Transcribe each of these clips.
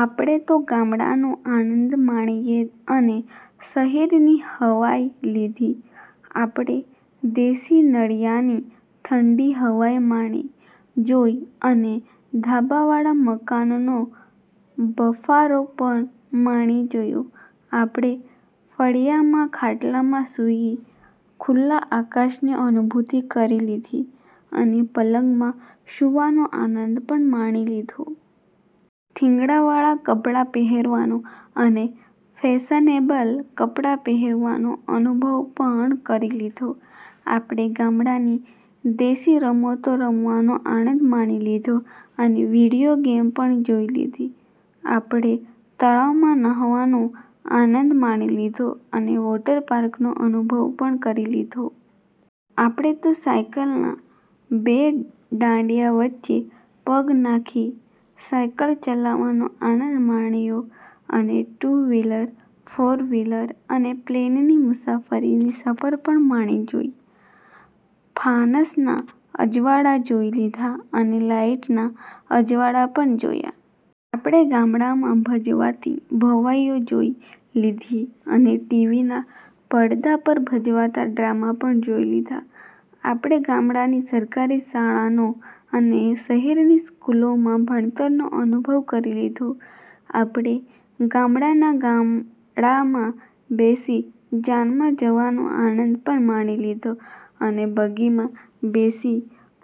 આપણે તો ગામડાનો આનંદ માણ્યો અને શહેરની હવાય લીધી. આપણે દેશી નળિયાની ઠંડી હવાય માણી જોઇ અને ધાબાવાળા મકાનનો બફારો પણ માણી જોયો. આપણે ફળિયામાં ખાટલામાં સુઇ ખુલ્લા આકાશની અનુભૂતિ કરી લીધી, અને પલંગમાં સુવાનો આનંદ પણ માણી લીધો. થીગડાવાળા કપડા પહેરવાનો અને ફેશનેબલ કપડા પહેરવાનો અનુભવ પણ કરી લીધો. આપણે ગામડાની દેશી રમતો રમવાનો આનંદ માણી લીધો અને વિડીયો ગેમ પણ જોઇ લીધી. આપણે તળાવમા નાહવાનો આનંદ માણી લીધો અને વૉટર પાર્કનો અનુભવ પણ કરી લીધો. આપણે તો સાઇકલના બે ડાંડિયા વચ્ચે પગ નાખી સાઇકલ ચલાવવાનો આનંદ માણ્યો અને ટુ વ્હીલ, ફોર વ્હીલ અને પ્લેનની મુસાફરીની સફર પણ માણી જોઇ. ફાનસના અજવાળા જોઇ લીધા અને લાઇટના અજવાળા પણ જોયા. આપણે ગામડામાં ભજવાતી ભવાઇઓ જોઇ લીધી અને ટી. વી. ના પડદા પર ભજવાતા ડ્રામા પણ જોઇ લીધા. આપણે ગામડાની સરકારી શાળાનો અને શહેરની સ્કૂલોમાં ભણતરનો અનુભવ કરી લીધો. આપણે ગામડામાં ગાડામા બેસી જાનમા જવાનો આનંદ પણ માણી લીધો અને બગીમા બેસી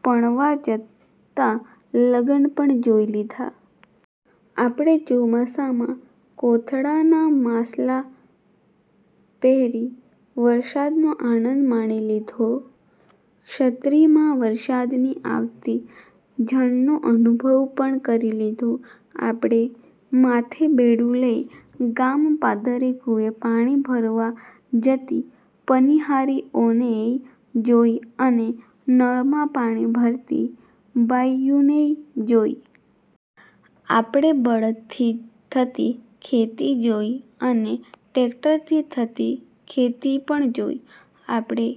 પણવા જતા લગન પણ જોઇ લીધા. આપણે ચોમાસામા કોથળાના માસલા પહેરી વરસાદનો આનંદ માણી લીધો અને છત્રીમા વરસાદની આવતી ઝણનો અનુભવ પણ કરી લીધો. આપણે માથે બેડુ લઇ ગામ પાદરે કુવે પાણી ભરવા જતી પનીહારીઓનેય જોઇ અને નળમા પાણી ભરતી બાઇયુનેય જોઇ. આપણે બળદથી થતી ખેતી જોઇ અને ટેકટરથી થતી ખેતી પણ જોઇ. આપણે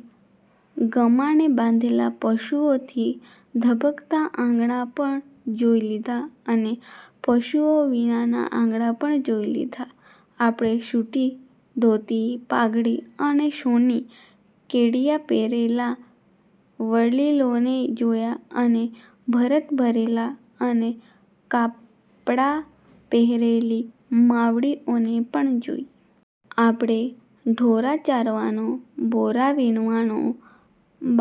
ગમાણે બાંધેલા પશુઓથી ધબકતા આંગણા પણ જોઇ લીધા અને પશુઓ વિનાના આંગણા પણ જોઇ લીધા. આપણે છુટી ધોતી, પાઘડી અને સોણી- કેડિયા પહેરેલા વડીલોનેય જોયા અને ભરત ભરેલા અને કાપડા પહેરેલી માવડીઓને પણ જોઇ. આપણે ઢોરા ચારવાનો, બોરા વીણવાનો,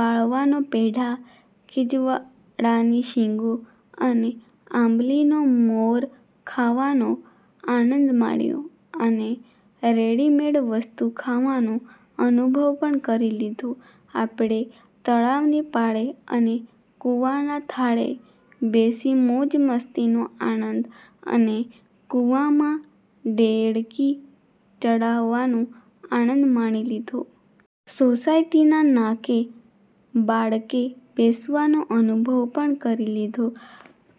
બાવળના પૈડા – ખીજડાની સીંગો અને આંબલીનો મોર ખાવાનો આનંદ માણ્યો અને રેડીમેડ વસ્તુ ખાવાનો અનુભવ પણ કરી લીધો. આપણે તળાવની પાળે અને કુવાના થાળે બેસી મોજ મસ્તીનો આનંદ અને કુવામા ડેગડી ચડાવવાનો આનંદ માણી લીધો. સોસાયટીના નાકે બાકડે બેસવાનો અનુભવ પણ કરી લીધો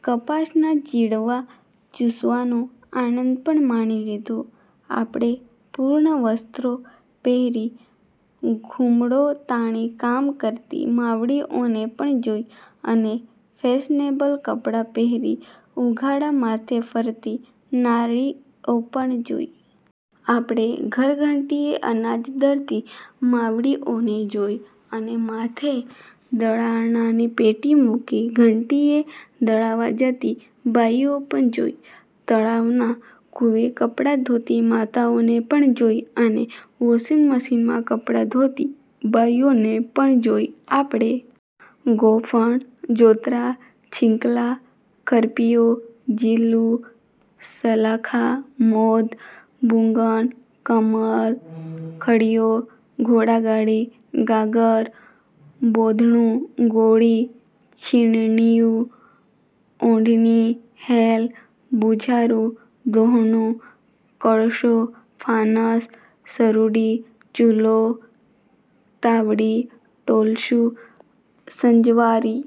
કપાસના જીંડવા ચુસવાનો આનંદ પણ માણી લીધો. આપણે પૂર્ણ વસ્ત્રો પહેરી ઘુમટો તાણી કામ કરતી માવડીઓને પણ જોઇ અને ફેશનેબલ કપડા પહેરી ઉઘાડા માથે ફરતી નારીઓ પણ જોઇ. આપણે ધરધંટીએ અનાજ દળતી માવડીઓને જોઇ અને માથે દળણાની પેટી મુકી ઘંટીએ દળાવા જતી બાઇઓ પણ જોઇ. તળાવના કુવે કપડા ધોતી માતાઓને પણ જોઇ અને વૉશીંગ મશીનમા કપડા ધોતી બાઇઓને પણ જોઇ. આપણે ગોફણ, જોતર, છીંકલા, ખરપિયો, જીંહલુ, સલાખા, મોદ, બુંગણ, કલમ, ખડિયો, ઘોડાગાડી, ગાગર, બોઘણુ, ગોળી, છીછણિયુ, ઇંઢોણી, હેલ, બુઝારુ, દોહણુ, કળશો, ફાનસ, સરૂડી, ચૂલો, તાવડી, ડોલસુ, સંજવારી,